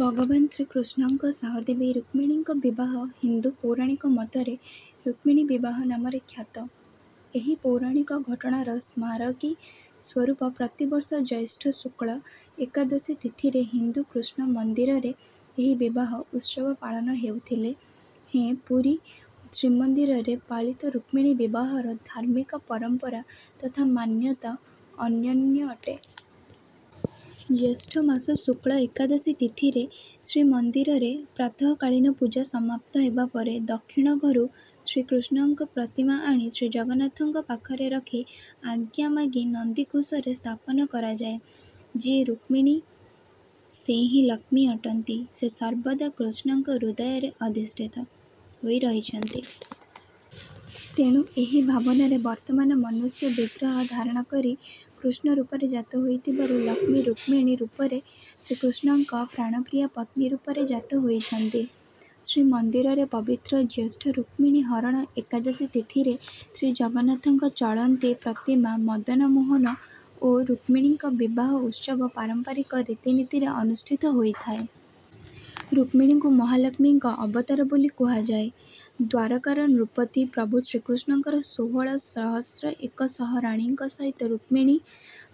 ଭଗବାନ ଶ୍ରୀକୃଷ୍ଣଙ୍କ ସହ ଦେବୀ ରୁକ୍ମିଣୀଙ୍କ ବିବାହ ହିନ୍ଦୁ ପୌରାଣିକ ମତରେ ରୁକ୍ମିଣୀ ବିବାହ ନାମରେ ଖ୍ୟାତ। ଏହି ପୌରାଣିକ ଘଟଣାର ସ୍ମାରକୀ ସ୍ୱରୂପ ପ୍ରତିବର୍ଷ ଜ୍ୟେଷ୍ଠ ଶୁକ୍ଳ ଏକାଦଶୀ ତିଥିରେ ହିନ୍ଦୁ କୃଷ୍ଣ ମନ୍ଦିରରେ ଏହି ବିବାହ ଉତ୍ସବ ପାଳନ ହେଉଥିଲେ ହେଁ ପୁରୀ ଶ୍ରୀମନ୍ଦିରରେ ପାଳିତ ରୁକ୍ମିଣୀ ବିବାହର ଧାର୍ମିକ ପରମ୍ପରା ତଥା ମାନ୍ୟତା ଅନନ୍ୟ ଅଟେ। ଜ୍ୟେଷ୍ଠ ମାସ ଶୁକ୍ଳ ଏକାଦଶୀ ତିଥିରେ ଶ୍ରୀମନ୍ଦିରରେ ପ୍ରାତଃକାଳୀନ ପୂଜା ସମାପ୍ତ ହେବା ପରେ ଦକ୍ଷିଣ ଘରୁ ଶ୍ରୀକୃଷ୍ଣଙ୍କ ପ୍ରତିମା ଆଣି ଶ୍ରୀଜଗନ୍ନାଥଙ୍କ ପାଖରେ ରଖି ଆଜ୍ଞା ମାଗି ନନ୍ଦିଘୋଷରେ ସ୍ଥାପନ କରାଯାଏ। ଯିଏ ରୁକ୍ମିଣୀ ସେ ହିଁ ଲକ୍ଷ୍ମୀ ଅଟନ୍ତି। ସେ ସର୍ବଦା କୃଷ୍ଣଙ୍କ ହୃଦୟରେ ଅଧିଷ୍ଠିତା ହୋଇ ରହିଛନ୍ତି। ତେଣୁ ଏହି ଭାବନାରେ ବର୍ତ୍ତମାନ ମନୁଷ୍ୟ ବିଗ୍ରହ ଧାରଣ କରି କୃଷ୍ଣ ରୂପରେ ଜାତ ହୋଇଥିବାରୁ ଲକ୍ଷ୍ମୀ ରୁକ୍ମିଣୀ ରୂପରେ ଶ୍ରୀକୃଷ୍ଣଙ୍କ ପ୍ରାଣପ୍ରିୟା ପତ୍ନୀ ରୂପରେ ଜାତ ହୋଇଛନ୍ତି। ଶ୍ରୀମନ୍ଦିରରେ ପବିତ୍ର ଜ୍ୟେଷ୍ଠ ରୁକ୍ମିଣୀ ହରଣ ଏକାଦଶୀ ତିଥିରେ ଶ୍ରୀଜଗନ୍ନାଥଙ୍କ ଚଳନ୍ତି ପ୍ରତିମା ମଦନମୋହନ ଓ ରୁକ୍ମିଣୀଙ୍କ ବିବାହ ଉତ୍ସବ ପାରମ୍ପରିକ ରୀତିନୀତିରେ ଅନୁଷ୍ଠିତ ହୋଇଥାଏ। ରୁକ୍ମିଣୀଙ୍କୁ ମହାଲକ୍ଷ୍ମୀଙ୍କ ଅବତାର ବୋଲି କୁହାଯାଏ। ଦ୍ୱାରକାର ନୃପତି ପ୍ରଭୁ ଶ୍ରୀକୃଷ୍ଣଙ୍କର ଷୋହଳ ସହସ୍ର ଏକ ଶହ ରାଣୀଙ୍କ ସହିତ ରୁକ୍ମିଣୀ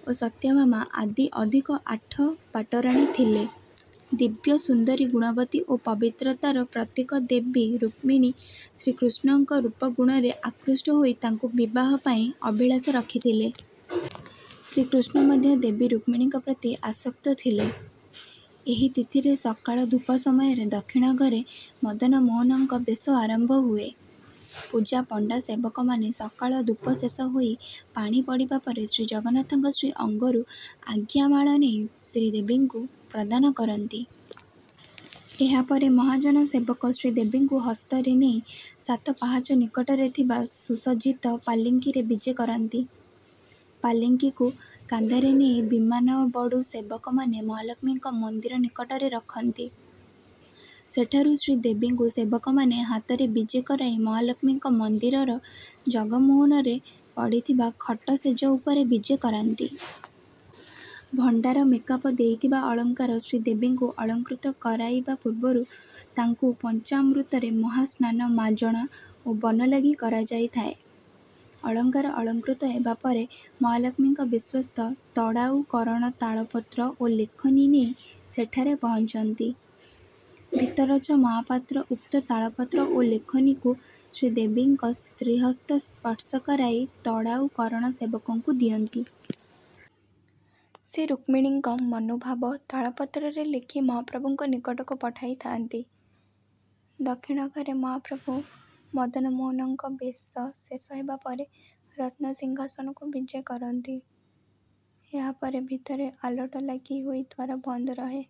ଓ ସତ୍ୟଭାମା ଆଦି ଅଧିକ ଆଠ ପାଟରାଣୀ ଥିଲେ। ଦିବ୍ୟ ସୁନ୍ଦରୀ ଗୁଣବତୀ ଓ ପବିତ୍ରତାର ପ୍ରତୀକ ଦେବୀ ରୁକ୍ମିଣୀ ଶ୍ରୀକୃଷ୍ଣଙ୍କ ରୂପ ଗୁଣରେ ଆକୃଷ୍ଟ ହୋଇ ତାଙ୍କୁ ବିବାହ ପାଇଁ ଅଭିଳାଷ ରଖିଥିଲେ। ଶ୍ରୀକୃଷ୍ଣ ମଧ୍ୟ ଦେବୀ ରୁକ୍ମିଣୀଙ୍କ ପ୍ରତି ଆସକ୍ତ ଥିଲେ। ଏହି ତିଥିରେ ସକାଳ ଧୂପ ସମୟରେ ଦକ୍ଷିଣ ଘରେ ମଦନମୋହନଙ୍କ ବେଶ ଆରମ୍ଭ ହୁଏ। ପୂଜାପଣ୍ଡା ସେବକମାନେ ସକାଳ ଧୂପ ଶେଷ ହୋଇ ପାଣି ପଡ଼ିବା ପରେ ଶ୍ରୀଜଗନ୍ନାଥଙ୍କ ଶ୍ରୀଅଙ୍ଗରୁ ଆଜ୍ଞାମାଳ ନେଇ ଶ୍ରୀଦେବୀଙ୍କୁ ପ୍ରଦାନ କରନ୍ତି। ଏହାପରେ ମହାଜନ ସେବକ ଶ୍ରୀଦେବୀଙ୍କୁ ହସ୍ତରେ ନେଇ ସାତ ପାହାଚ ନିକଟରେ ଥିବା ସୁସଜ୍ଜିତ ପାଲିଙ୍କିରେ ବିଜେ କରାନ୍ତି। ପାଲିଙ୍କିକୁ କାନ୍ଧରେ ନେଇ ବିମାନବଡ଼ୁ ସେବକମାନେ ମହାଲକ୍ଷ୍ମୀଙ୍କ ମନ୍ଦିର ନିକଟରେ ରଖନ୍ତି। ସେଠାରୁ ଶ୍ରୀଦେବୀଙ୍କୁ ସେବକମାନେ ହାତରେ ବିଜେ କରାଇ ମହାଲକ୍ଷ୍ମୀଙ୍କ ମନ୍ଦିରର ଜଗମୋହନରେ ପଡ଼ିଥିବା ଖଟ ଶେଜ ଉପରେ ବିଜେ କରାନ୍ତି। ଭଣ୍ଡାର ମେକାପ ଦେଇଥିବା ଅଳଙ୍କାର ଶ୍ରୀଦେବୀଙ୍କୁ ଅଳଙ୍କୃତ କରାଇବା ପୂର୍ବରୁ ତାଙ୍କୁ ପଞ୍ଚାମୃତରେ ମହାସ୍ନାନ ମାଜଣା ଓ ବନଲାଗି କରାଯାଇଥାଏ। ଅଳଙ୍କାର ଅଳଙ୍କୃତ ହେବା ପରେ ମହାଲକ୍ଷ୍ମୀଙ୍କ ବିଶ୍ୱସ୍ତ ତଡ଼ାଉ କରଣ ତାଳପତ୍ର ଓ ଲେଖନୀ ନେଇ ସେଠାରେ ପହଞ୍ଚନ୍ତି। ଭିତରଛ ମହାପାତ୍ର ଉକ୍ତ ତାଳପତ୍ର ଓ ଲେଖନୀକୁ ଶ୍ରୀଦେବୀଙ୍କ ଶ୍ରୀହସ୍ତ ସ୍ପର୍ଶ କରାଇ ତଡ଼ାଉ କରଣ ସେବକଙ୍କୁ ଦିଅନ୍ତି। ସେ ରୁକ୍ମିଣୀଙ୍କ ମନୋଭାବ ତାଳପତ୍ରରେ ଲେଖି ମହାପ୍ରଭୁଙ୍କ ନିକଟକୁ ପଠାଇଥାନ୍ତି। ଦକ୍ଷିଣ ଘରେ ମହାପ୍ରଭୁ ମଦନମୋହନଙ୍କ ବେଶ ଶେଷ ହେବା ପରେ ରତ୍ନସିଂହାସନକୁ ବିଜେ କରନ୍ତି। ଏହାପରେ ଭିତରେ ଆଲଟ ଲାଗି ହୋଇ ଦ୍ୱାର ବନ୍ଦ ରହେ।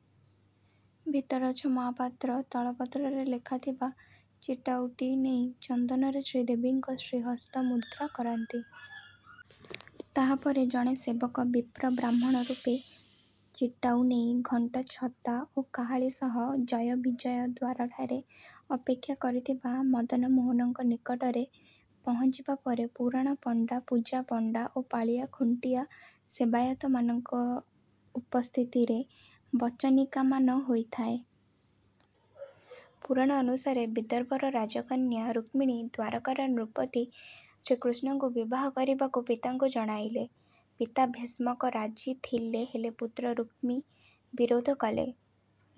ଭିତରଛ ମହାପାତ୍ର ତାଳପତ୍ରରେ ଲେଖାଥିବା ଚିଟାଉଟି ନେଇ ଚନ୍ଦନରେ ଶ୍ରୀଦେବୀଙ୍କ ଶ୍ରୀହସ୍ତ ମୁଦ୍ରା କରାନ୍ତି। ତାହାପରେ ଜଣେ ସେବକ ବିପ୍ର ବ୍ରାହ୍ମଣ ରୂପେ ଚିଟାଉ ନେଇ ଘଣ୍ଟ ଛତା ଓ କାହାଳୀ ସହ ଜୟ ବିଜୟ ଦ୍ୱାରଠାରେ ଅପେକ୍ଷା କରିଥିବା ମଦନମୋହନଙ୍କ ନିକଟରେ ପହଞ୍ଚିବା ପରେ ପୁରାଣ ପଣ୍ଡା ପୂଜା ପଣ୍ଡା ଓ ପାଳିଆ ଖୁଣ୍ଟିଆ ସେବାୟତମାନଙ୍କ ଉପସ୍ଥିତିରେ ବଚନିକାମାନ ହୋଇଥାଏ। ପୁରାଣ ଅନୁସାରେ ବିଦର୍ଭର ରାଜକନ୍ୟା ରୁକ୍ମିଣୀ ଦ୍ୱାରକାର ନୃପତି ଶ୍ରୀକୃଷ୍ଣଙ୍କୁ ବିବାହ କରିବାକୁ ପିତାଙ୍କୁ ଜଣାଇଲେ। ପିତା ଭୀଷ୍ମକ ରାଜି ଥିଲେ ହେଲେ ପୁତ୍ର ରୁକ୍ମୀ ବିରୋଧ କଲେ।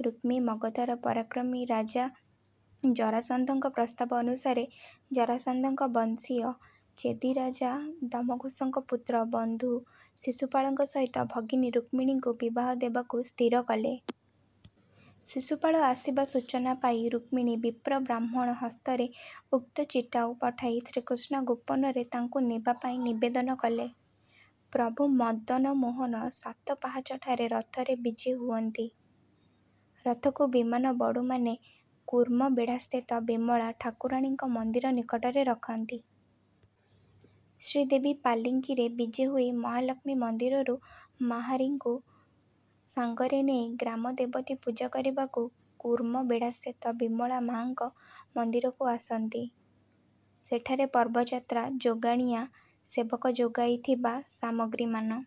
ରୁକ୍ମୀ ମଗଧର ପରାକ୍ରମୀ ରାଜା ଜରାସନ୍ଧଙ୍କ ପ୍ରସ୍ତାବ ଅନୁସାରେ ଜରାସନ୍ଧଙ୍କ ବଂଶୀୟ ଚେଦିରାଜା ଦମଘୋଷଙ୍କ ପୁତ୍ର ବନ୍ଧୁ ଶିଶୁପାଳଙ୍କ ସହିତ ଭଗିନୀ ରୁକ୍ମିଣୀଙ୍କୁ ବିବାହ ଦେବାକୁ ସ୍ଥିର କଲେ। ଶିଶୁପାଳ ଆସିବା ସୂଚନା ପାଇ ରୁକ୍ମିଣୀ ବିପ୍ର ବ୍ରାହ୍ମଣ ହସ୍ତରେ ଉକ୍ତ ଚିଟାଉ ପଠାଇ ଶ୍ରୀକୃଷ୍ଣ ଗୋପନରେ ତାଙ୍କୁ ନେବା ପାଇଁ ନିବେଦନ କଲେ। ପ୍ରଭୁ ମଦନମୋହନ ସାତ ପାହାଚଠାରେ ରଥରେ ବିଜେ ହୁଅନ୍ତି। ରଥକୁ ବିମାନବଡ଼ୁମାନେ କୂର୍ମବେଢ଼ାସ୍ଥିତ ବିମଳା ଠାକୁରାଣୀଙ୍କ ମନ୍ଦିର ନିକଟରେ ରଖନ୍ତି। ଶ୍ରୀଦେବୀ ପାଲିଙ୍କିରେ ବିଜେ ହୋଇ ମହାଲକ୍ଷ୍ମୀ ମନ୍ଦିରରୁ ମାହାରୀଙ୍କୁ ସାଙ୍ଗରେ ନେଇ ଗ୍ରାମଦେବତୀ ପୂଜା କରିବାକୁ କୂର୍ମବେଢ଼ାସ୍ଥିତ ବିମଳା ମାଆଙ୍କ ମନ୍ଦିରକୁ ଆସନ୍ତି। ସେଠାରେ ପର୍ବଯାତ୍ରା ଯୋଗାଣିଆ ସେବକ ଯୋଗାଇଥିବା ସାମଗ୍ରୀମାନ